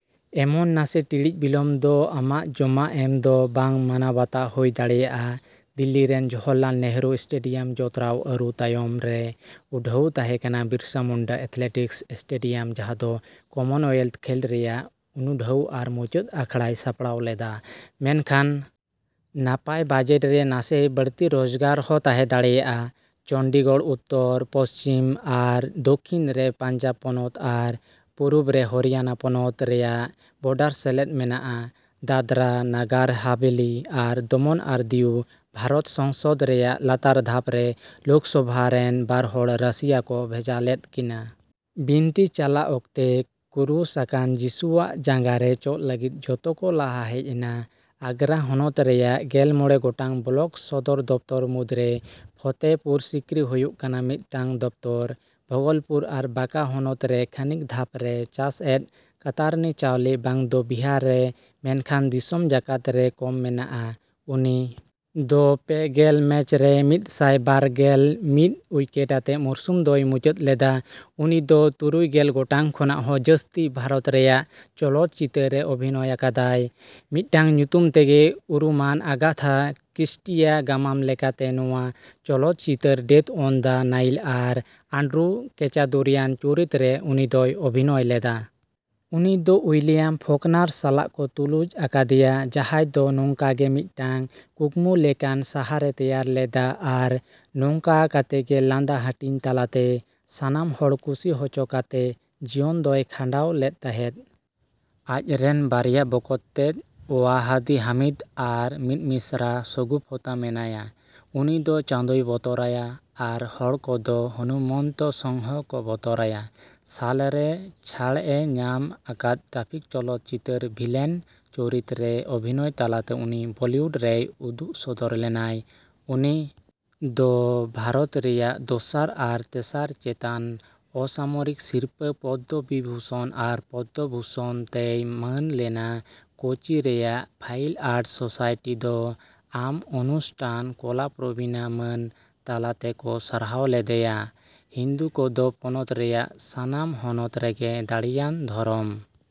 ᱮᱢᱚᱱᱪᱮᱫ ᱱᱟᱥᱮ ᱴᱤᱲᱤᱡ ᱵᱤᱞᱚᱢ ᱫᱚ ᱟᱢᱟᱜ ᱡᱚᱢᱟ ᱮᱢ ᱫᱚ ᱵᱟᱝ ᱢᱟᱱᱟᱣ ᱵᱟᱛᱟᱣ ᱦᱳᱭ ᱫᱟᱲᱮᱭᱟᱜᱼᱟ᱾ ᱫᱤᱞᱞᱤ ᱨᱮᱱ ᱡᱚᱦᱚᱨᱞᱟᱞ ᱱᱮᱦᱩᱨᱩ ᱥᱴᱮᱰᱤᱭᱟᱢ ᱡᱚᱛᱨᱟᱣ ᱟᱹᱨᱩ ᱛᱟᱭᱚᱢ ᱨᱮ ᱩᱰᱷᱟᱹᱣ ᱛᱟᱦᱮᱸ ᱠᱟᱱᱟ ᱵᱤᱨᱥᱟᱹ ᱢᱩᱱᱰᱟ ᱮᱛᱷᱮᱞᱮᱴᱤᱠᱥ ᱥᱴᱮᱰᱤᱭᱟᱢ ᱡᱟᱸᱦᱟ ᱫᱚ ᱠᱚᱢᱚᱱᱳᱭᱮᱞᱛᱷ ᱠᱷᱮᱸᱞᱰ ᱨᱮᱭᱟᱜ ᱩᱱᱩᱰᱷᱟᱹᱣ ᱟᱨ ᱢᱩᱪᱟᱹᱫ ᱟᱠᱷᱟᱲᱟᱭ ᱥᱟᱯᱲᱟᱣ ᱞᱮᱫᱟᱭ᱾ᱢᱮᱱᱠᱷᱟᱱ ᱱᱟᱯᱟᱭ ᱵᱟᱡᱮᱴ ᱨᱮ ᱱᱟᱥᱮ ᱵᱟᱲᱛᱤ ᱨᱚᱡᱽᱜᱟᱨ ᱦᱚᱸ ᱛᱟᱸᱦᱮ ᱫᱟᱲᱮᱜᱼᱟ᱾ ᱪᱚᱱᱰᱤᱜᱚᱲ ᱩᱛᱛᱚᱨ, ᱯᱚᱥᱪᱷᱤᱢ ᱟᱨ ᱫᱚᱠᱠᱷᱤᱱ ᱨᱮ ᱯᱟᱧᱡᱟᱵᱽ ᱯᱚᱱᱚᱛ ᱟᱨ ᱯᱩᱨᱩᱵ ᱨᱮ ᱦᱚᱨᱤᱭᱟᱱᱟ ᱯᱚᱱᱚᱛ ᱨᱮᱭᱟᱜ ᱵᱚᱰᱟᱨ ᱥᱮᱞᱮᱫ ᱢᱮᱱᱟᱜᱼᱟ᱾ ᱫᱟᱫᱨᱟ, ᱱᱟᱜᱟᱨ ᱦᱟᱵᱷᱮᱞᱤ ᱟᱨ ᱫᱚᱢᱚᱱ ᱟᱨ ᱫᱤᱭᱩ ᱵᱷᱟᱨᱚᱛ ᱥᱚᱝᱥᱚᱫ ᱨᱮᱭᱟᱜ ᱞᱟᱛᱟᱨ ᱫᱷᱟᱯ ᱨᱮ ᱞᱳᱠᱥᱚᱵᱷᱟ ᱨᱮᱱ ᱵᱟᱨ ᱦᱚᱲ ᱨᱟᱹᱥᱤᱭᱟᱹ ᱠᱚ ᱵᱷᱮᱡᱟ ᱞᱮᱫ ᱠᱤᱱᱟ᱾ ᱵᱤᱱᱛᱤ ᱪᱟᱞᱟᱜ ᱚᱠᱛᱮ, ᱠᱩᱨᱩᱥ ᱟᱠᱟᱱ ᱡᱤᱥᱩᱣᱟᱜ ᱡᱟᱸᱜᱟ ᱨᱮ ᱪᱚᱜᱽ ᱞᱟᱹᱜᱤᱫ ᱡᱚᱛᱚ ᱠᱚ ᱞᱟᱦᱟ ᱦᱮᱡ ᱮᱱᱟ᱾ᱟᱜᱽᱜᱨᱟ ᱦᱚᱱᱚᱛ ᱨᱮᱭᱟᱜ ᱜᱮᱞ ᱢᱚᱲᱮ ᱜᱚᱴᱟᱝ ᱵᱞᱚᱠ ᱥᱚᱫᱚᱨ ᱫᱚᱯᱛᱚᱨ ᱢᱩᱫᱽᱨᱮ ᱯᱷᱚᱛᱮᱯᱩᱨ ᱥᱤᱠᱨᱤ ᱦᱳᱭᱳᱜ ᱠᱟᱱᱟ ᱢᱤᱫᱴᱟᱝ ᱫᱚᱯᱛᱚᱨ᱾ ᱵᱷᱚᱜᱚᱞᱯᱩᱨ ᱟᱨ ᱵᱟᱸᱠᱟ ᱦᱚᱱᱚᱛ ᱨᱮ ᱠᱷᱟᱹᱱᱤᱠ ᱫᱷᱟᱯ ᱨᱮ ᱪᱟᱥ ᱮᱫ ᱠᱟᱛᱟᱨᱱᱤ ᱪᱟᱣᱞᱮ ᱵᱟᱝ ᱫᱚ ᱵᱤᱦᱟᱨ ᱨᱮ ᱢᱮᱱᱠᱷᱟᱱ ᱫᱤᱥᱚᱢ ᱡᱟᱠᱟᱛ ᱨᱮ ᱠᱚᱡ ᱢᱮᱱᱟᱜ ᱟ᱾ᱩᱱᱤ ᱫᱚ ᱯᱮ ᱜᱮᱞ ᱢᱮᱪ ᱨᱮ ᱢᱤᱫᱥᱟᱭ ᱵᱟᱨ ᱜᱮᱞ ᱢᱤᱫ ᱩᱭᱠᱮᱴ ᱟᱛᱮ ᱢᱚᱨᱥᱩᱢ ᱫᱚᱭ ᱢᱩᱪᱟᱹᱫ ᱞᱮᱫᱟ᱾ᱩᱱᱤᱫᱚ ᱛᱩᱨᱩᱭ ᱜᱮᱞ ᱜᱚᱴᱟᱝ ᱠᱷᱚᱱᱟᱜ ᱦᱚᱸ ᱡᱟᱥᱛᱤ ᱵᱷᱟᱨᱚᱛ ᱨᱮᱭᱟᱜ ᱪᱚᱞᱚᱛ ᱪᱤᱛᱟᱹᱨ ᱨᱮ ᱚᱵᱷᱤᱱᱚᱭ ᱟᱠᱟᱫᱟᱭ᱾ ᱢᱤᱫᱴᱟᱝ ᱧᱩᱛᱩᱢ ᱛᱮᱜᱮ ᱩᱨᱩᱢᱟᱱ ᱟᱜᱟᱛᱷᱟ ᱠᱨᱤᱥᱴᱤᱭᱟᱜ ᱜᱟᱢᱟᱢ ᱞᱮᱠᱟᱛᱮ ᱱᱚᱶᱟ ᱪᱚᱞᱚᱛ ᱪᱤᱛᱟᱹᱨ ᱰᱮᱛᱷ ᱚᱱ ᱫᱟ ᱱᱟᱭᱤᱞ ᱟᱨ ᱟᱱᱰᱨᱩ ᱠᱮᱪᱟᱫᱩᱨᱤᱭᱟᱱ ᱪᱩᱨᱤᱛ ᱨᱮ ᱩᱱᱤᱫᱚᱭ ᱚᱵᱷᱤᱱᱚᱭ ᱞᱮᱫᱟ᱾ ᱩᱱᱤᱫᱚ ᱩᱭᱞᱤᱭᱟᱢ ᱯᱷᱚᱠᱱᱟᱨ ᱥᱟᱞᱟᱜ ᱠᱚ ᱛᱩᱞᱩᱡ ᱟᱠᱟᱫᱮᱭᱟ ᱡᱟᱸᱦᱟᱭ ᱫᱚ ᱱᱚᱝᱠᱟᱜᱮ ᱢᱤᱫᱴᱟᱝ ᱠᱩᱠᱢᱩ ᱞᱮᱠᱟᱱ ᱥᱟᱦᱟᱨ ᱮ ᱛᱮᱭᱟᱨ ᱞᱮᱫᱟ ᱟᱨ ᱱᱚᱝᱠᱟ ᱠᱟᱛᱮᱜᱮ ᱞᱟᱸᱫᱟ ᱦᱟᱴᱤᱧ ᱛᱟᱞᱟᱛᱮ, ᱥᱟᱱᱟᱢ ᱦᱚᱲ ᱠᱩᱥᱤ ᱦᱚᱪᱚ ᱠᱟᱛᱮ ᱡᱤᱭᱚᱱ ᱫᱚᱭ ᱠᱷᱟᱸᱰᱟᱣ ᱞᱮᱫ ᱛᱟᱸᱦᱮᱫ᱾ ᱟᱡᱨᱮᱱ ᱵᱟᱨᱭᱟ ᱵᱚᱠᱚᱛᱛᱮᱫ, ᱳᱣᱟᱦᱟᱫᱤ ᱦᱟᱢᱤᱫ, ᱟᱨ ᱢᱤᱫ ᱢᱤᱥᱨᱟ ᱥᱚᱜᱩᱯᱷᱚᱛᱟ ᱢᱮᱱᱟᱭᱟ᱾ ᱩᱱᱤ ᱫᱚ ᱪᱟᱸᱫᱳᱭ ᱵᱚᱛᱚᱨᱟᱭᱟ, ᱟᱨ ᱦᱚᱲ ᱠᱚᱫᱚ ᱦᱚᱱᱩᱢᱚᱱᱛᱚ ᱥᱚᱝᱦᱚ ᱠᱚ ᱵᱚᱛᱚᱨᱟᱭᱟ᱾ ᱥᱟᱞ ᱨᱮ ᱪᱷᱟᱲ ᱮ ᱧᱟᱢ ᱟᱠᱟᱫ ᱽᱴᱨᱟᱯᱷᱤᱠᱽ ᱪᱚᱞᱚᱛ ᱪᱤᱛᱟᱹᱨ ᱵᱷᱤᱞᱮᱱ ᱪᱩᱨᱤᱛ ᱨᱮ ᱚᱵᱷᱤᱱᱚᱭ ᱛᱟᱞᱟᱛᱮ ᱩᱱᱤ ᱵᱚᱞᱤᱭᱩᱰ ᱨᱮᱭ ᱩᱫᱩᱜ ᱥᱚᱫᱚᱨ ᱞᱮᱱᱟᱭ᱾ᱩᱱᱤ ᱫᱚ ᱵᱷᱟᱨᱚᱛ ᱨᱮᱭᱟᱜ ᱫᱚᱥᱟᱨ ᱟᱨ ᱛᱮᱥᱟᱨ ᱪᱮᱛᱟᱱ ᱚᱥᱟᱢᱚᱨᱤᱠ ᱥᱤᱨᱯᱟᱹ ᱯᱚᱫᱫᱚᱵᱤᱵᱷᱩᱥᱚᱱ ᱟᱨ ᱯᱚᱫᱫᱚ ᱵᱷᱩᱥᱚᱱ ᱛᱮᱭ ᱢᱟᱹᱱ ᱞᱮᱱᱟ᱾ ᱠᱳᱪᱤ ᱨᱮᱭᱟᱜ ᱯᱷᱟᱭᱤᱱ ᱟᱨᱴᱥ ᱥᱳᱥᱟᱭᱴᱤ ᱫᱚ ᱟᱡ ᱽᱚᱱᱩᱥᱴᱟᱱ ᱠᱚᱞᱟᱯᱨᱚᱵᱤᱱᱟ ᱢᱟᱹᱱ ᱛᱟᱞᱟ ᱛᱮᱠᱚ ᱥᱟᱨᱦᱟᱣ ᱞᱮᱫᱮᱭᱟ᱾ ᱦᱤᱱᱫᱩ ᱠᱚᱫᱚ ᱯᱚᱱᱚᱛ ᱨᱮ ᱥᱟᱸᱜᱮ ᱮᱞ ᱟᱱ ᱟᱨ ᱯᱚᱱᱚᱛ ᱨᱮᱭᱟᱜ ᱥᱟᱱᱟᱢ ᱦᱚᱱᱚᱛ ᱨᱮᱜᱮ ᱫᱟᱲᱮᱭᱟᱱ ᱫᱷᱚᱨᱚᱢ᱾